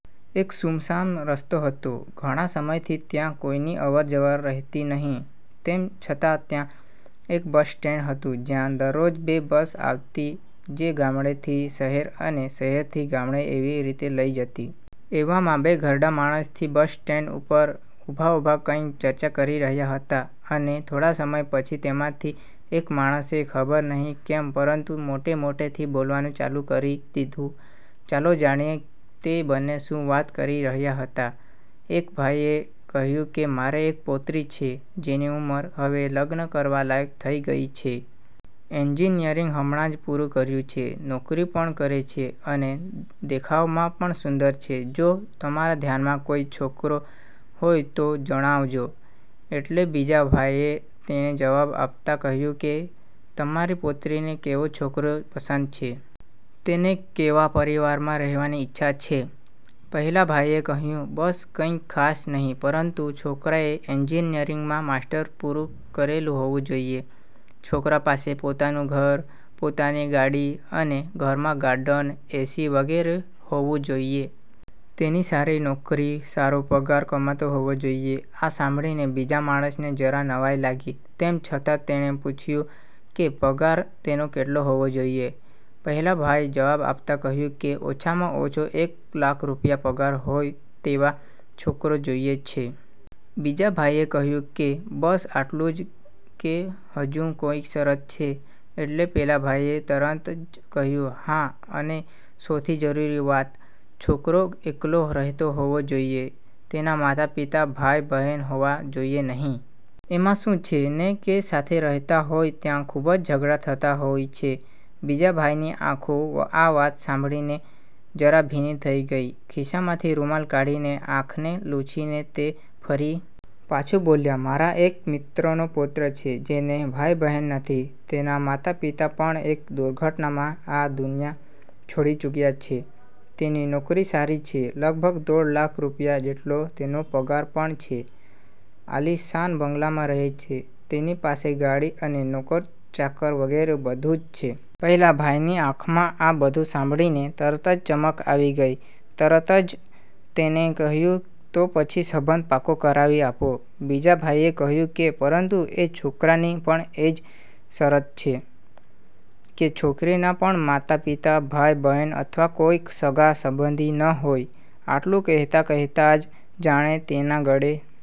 એક સુમસાન રસ્તો હતો. ઘણા સમયથી ત્યાં કોઈની અવરજવર રહેતી નહીં, તેમ છતાં ત્યાં એક બસ સ્ટેન્ડ હતું જ્યાં દરરોજ બે બસ આવતી જે ગામડે થી શહેર અને શહેરથી ગામડે એવી રીતે લઈ જતી. એવામાં બે ઘરડા માણસ થી બસ સ્ટેન્ડ પર ઉભા ઉભા કંઈક ચર્ચા કરી રહ્યા હતા, અને થોડા સમય પછી તેમાંથી એક માણસે ખબર નહીં કેમ પરંતુ મોટે મોટેથી બોલવાનું ચાલુ કરી દીધું. ચાલો જાણીએ તે બંને શું વાત કરી રહ્યા હતા, એક ભાઈએ કહ્યું કે મારૅ એક પૌત્રી છે, જેની ઉંમર હવે લગ્ન કરવા લાયક થઇ ગઇ છે. એન્જિનિયરિંગ હમણાં જ પૂરું કર્યું છે, નોકરી પણ કરે છે, અને દેખાવમાં પણ સુંદર છે. જો તમારા ધ્યાનમાં કોઈ છોકરો હોય તો જણાવજો. એટલે બીજા ભાઈએ તેને જવાબ આપતા કહ્યું કે તમારી પૌત્રીને કેવો છોકરો પસંદ છે? તેને કેવા પરિવારમાં રહેવાની ઈચ્છા છે? પહેલા ભાઈએ કહ્યું બસ કંઇ ખાસ નહીં પરંતુ છોકરાએ એન્જિનિયરિંગમાં માસ્ટર પૂરું કરેલું હોવું જોઈએ, છોકરા પાસે પોતાનું ઘર, પોતાની ગાડી અને ઘરમાં ગાર્ડન, એસી વગેરે હોવું જોઈએ. તેની સારી નોકરી, સારો પગાર કમાતો હોવો જોઈએ. આ સાંભળીને બીજા માણસને જરા નવાઈ લાગી તેમ છતાં તેને પૂછ્યું કે પગાર તેનો કેટલો હોવો જોઈએ? પહેલા ભાઈ જવાબ આપતા કહ્યું કે ઓછામાં ઓછો એક લાખ રૂપિયા પગાર હોય તેવો છોકરો જોઈએ છે. બીજા ભાઈએ કહ્યું કે બસ આટલું જ કે હજુ કોઈ શરત છે? એટલે પેલા ભાઇએ તરત જ કહ્યું હા અને સૌથી જરૂરી વાત છોકરો એકલો રહેતો હોવો જોઈએ, તેના માતા-પિતા, ભાઈ બહેન હોવા જોઇએ નહીં. એમાં શું છે ને કે સાથે રહેતા હોય ત્યાં ખૂબ જ ઝઘડા થતા હોય છે. બીજા ભાઈની આંખો આ વાત સાંભળીને જરા ભીની થઈ ગઈ, ખિસ્સામાંથી રૂમાલ કાઢીને આંખને લૂછી ને તે ફરી પાછું બોલ્યા મારા એક મિત્રનો પૌત્ર છે જેને ભાઈ બહેન નથી, તેના માતા-પિતા પણ એક દુર્ઘટનામાં આ દુનિયા છોડી ચૂક્યા છે, તેની નોકરી સારી છે, લગભગ દોઢ લાખ રૂપિયા જેટલો તેનો પગાર પણ છે, તે આલીશાન બંગલામાં રહે છે તેની પાસે ગાડી અને નોકર ચાકર વગેરે બધું જ છે. પહેલા ભાઈ ની આંખમાં આ બધું સાંભળીને તરત જ ચમક આવી ગઈ, તરત જ તેને કહ્યું તો પછી સંબંધ પાકો કરાવી આપો. બીજા ભાઈએ કહ્યું કે પરંતુ એ છોકરાની પણ એ જ શરત છે કે છોકરીના પણ માતા-પિતા, ભાઈ બહેન અથવા કોઈ સગા સંબંધી ન હોય. આટલું કહેતાં કહેતાં જ જાણે તેના ગળે